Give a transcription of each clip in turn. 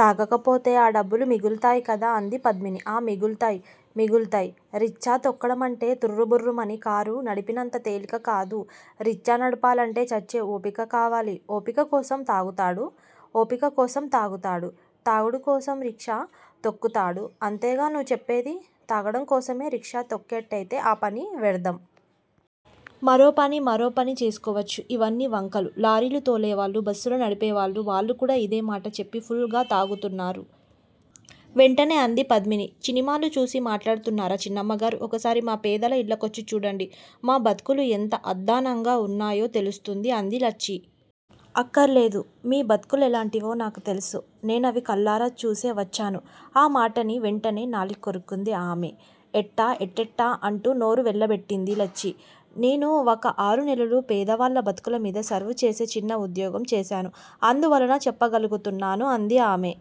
తాగకపోతే ఆ డబ్బులు మిగులుతాయికదా అంది పద్మిని. ఆ మిగులుతాయ్, మిగులుతాయ్! రిచ్చా తొక్కడమంటే తుర్రుబుర్రుమని కారు నడిపినంత తేలికకాదు. రిచ్చా నడపాలంటే చచ్చే ఓపిక కావాలి. ఓపిక కోసం తాగుతాడు. ఓపికకోసం తాగుతాడు__తాగుడుకోసం రిక్షా తొక్కుతాడు అంతేగా నువ్వు చెప్పేది! తాగడం కోసమే రిక్షా తొక్కేట్టయితే ఆ పని వ్యర్ధం. మరోపని మరోపని చేసుకోవచ్చు. ఇవన్నీ వంకలు లారీలు తోలేవాళ్ళు, బస్సులు నడిపేవాళ్ళు వాళ్లుకూడా ఇదేమాట చెప్పి ఫుల్ గ తాగుతున్నారు వెంటనే అంది పద్మిని. చినిమాలు చూసి మాట్లాడుతున్నారా చిన్నమ్మగారూ! ఒకసారి మా పేదల యిళ్ళకొచ్చి చూడండి. మా బతుకులు ఎంత అద్దాన్నంగ ఉన్నాయో తెలుస్తుంది అంది లచ్చి. అక్కర్లేదు, మీ బతుకులెలాంటివో నాకు తెలుసు. నేనవి కళ్ళారా చూసే వచ్చాను ఆ మాటని వెంటనే నాలిక్కొరుక్కుంది ఆమె. ఎట్టా, ఎట్టెట్టా? అంటూ నోరు వెళ్ళబెట్టింది లచ్చి. నేను వక ఆరునెలలు పేదవాళ్ళ బతుకులమీద సర్వ్ చేసే చిన్న ఉద్యోగం చేశాను. అందువలన చెప్పగలుగుతున్నాను అంది ఆమె.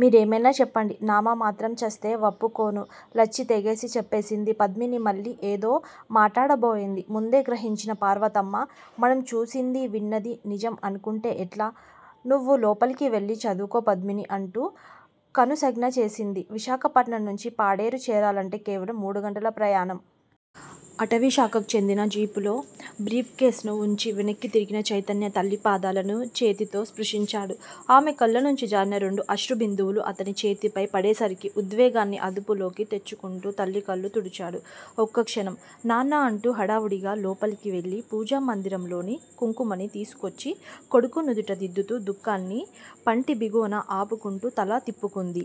మీరేమైనా చెప్పండి నామమాత్రం చస్తే వప్పుకొను లచ్చి తెగేసి చెప్పేసింది. పద్మిని మళ్ళీ యేదో మాటాడబోయింది. ముందే గ్రహించిన పార్వతమ్మ మనం చూసింది విన్నది నిజం అనుకుంటే ఎట్లా? నువ్వు లోపలికి వెళ్ళి చదువుకో పద్మినీ అంటూ కనుసౌంజ్ఞ చేసింది. విశాఖపట్నం నుంచి పాడేరు చేరాలంటే కేవలం మూడుగంటల ప్రయాణం. అటవీశాఖకు చెందిన జీపులో బ్రీప్ కేస్ ను వుంచి వెనక్కి తిరిగిన చైతన్య తల్లి పాదాలను చేతితో స్పృశించాడు. ఆమె కళ్ళు నుంచి జారిన రెండు అశ్రుబిందువులు అతని చేతిపై పడేసరికి ఉద్వేగాన్ని అదుపులోకి తెచ్చుకుంటూ తల్లి కళ్ళు తుడిచాడు. ఒక్కక్షణం, నాన్నా! అంటూ హడావుడిగా లోపలికివెళ్లి పూజా మందిరంలోని కుంకుమని తీసుకొచ్చి కొడుకు నుదుట దిద్దుతూ, దుఃఖాన్ని పంటిబిగువున ఆపుకుంటూ తల తిప్పుకుంది.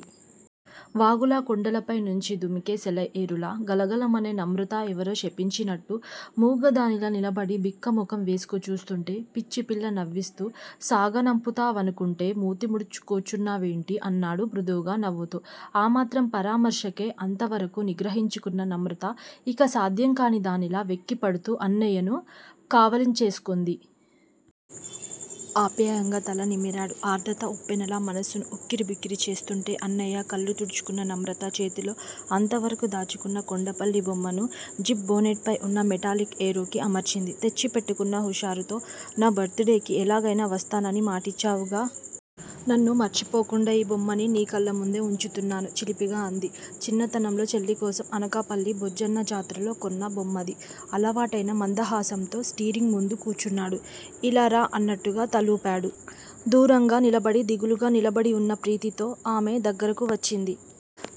వాగులా, కొండలపైనుంచి దుమికే సెలయేరులా గలగలమనే నమ్రత ఎవరో శపించినట్టూ మూగదానిలా నిలబడి బిక్కమొగం వేసుకు చూస్తూంటే పిచ్చిపిల్లా! నవ్విస్తూ సాగనంపుతావనుకుంటే మూతి ముడుచుక్కూచున్నావేంటి? అన్నాడు మృదువుగా నవ్వుతూ. ఆమాత్రం పరామర్శకే అంతవరకూ నిగ్రహించుకున్న నమ్రత ఇక సాధ్యం కాని దానిలా వెక్కిపడుతూ అన్నయ్యను కావలించేసుకుంది. ఆప్యాయంగా తల నిమిరాడు. ఆర్ద్రత ఉప్పెనలా మనసును ఉక్కిరి బిక్కిరి చేస్తుంటే. అన్నయ్యా! కళ్ళు తుడుచుకున్న నమ్రత చేతిలో అంత వరకూ దాచుకున్న కొండపల్లి బొమ్మను జీప్ భోనెట్ పై వున్న మెటాలిక్ ఏరోకి అమర్చింది. తెచ్చి పెట్టుకున్న హుషారుతో_ నా బర్త్ డేకి ఎలాగయినా వస్తానని మాటిచ్చావుగా. నన్ను మర్చిపోకుండా ఈ బొమ్మని నీ కళ్ళముందే ఉంచుతున్నాను చిలిపిగా అంది. చిన్నతనంలో చెల్లికోసం అనకాపల్లి బొజ్జన్న జాతరలో కొన్న బొమ్మది. అలవాటైన మందహాసంతో స్టీరింగ్ ముందు కూచున్నాడు. ఇలా రా అన్నట్టుగా తలూపాడు. దూరంగా నిలబడి దిగులుగా నిలబడివున్న ప్రీతితో. ఆమె దగ్గరకు వచ్చింది.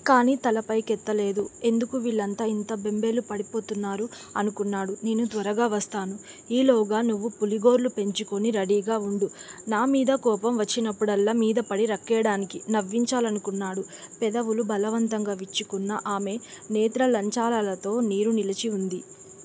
కాని, తలపై కెత్తలేదు. ఎందుకు వీళ్ళంతా ఇంత బెంబేలు పడిపోతున్నారు అనుకున్నాడు. నేను త్వరగా వస్తాను. ఈలోగా నువ్వు పులి గోళ్ళు పెంచుకుని రడీగా ఉండు. నామీద కోపం వచ్చినప్పుడల్లా మీదపడి రక్కెయ్యడానికి నవ్వించాలనుకున్నాడు. పెదవులు బలవంతంగా విచ్చుకున్నా, ఆమె నేత్రాలంచలాలతో నీరు నిలిచి ఉంది.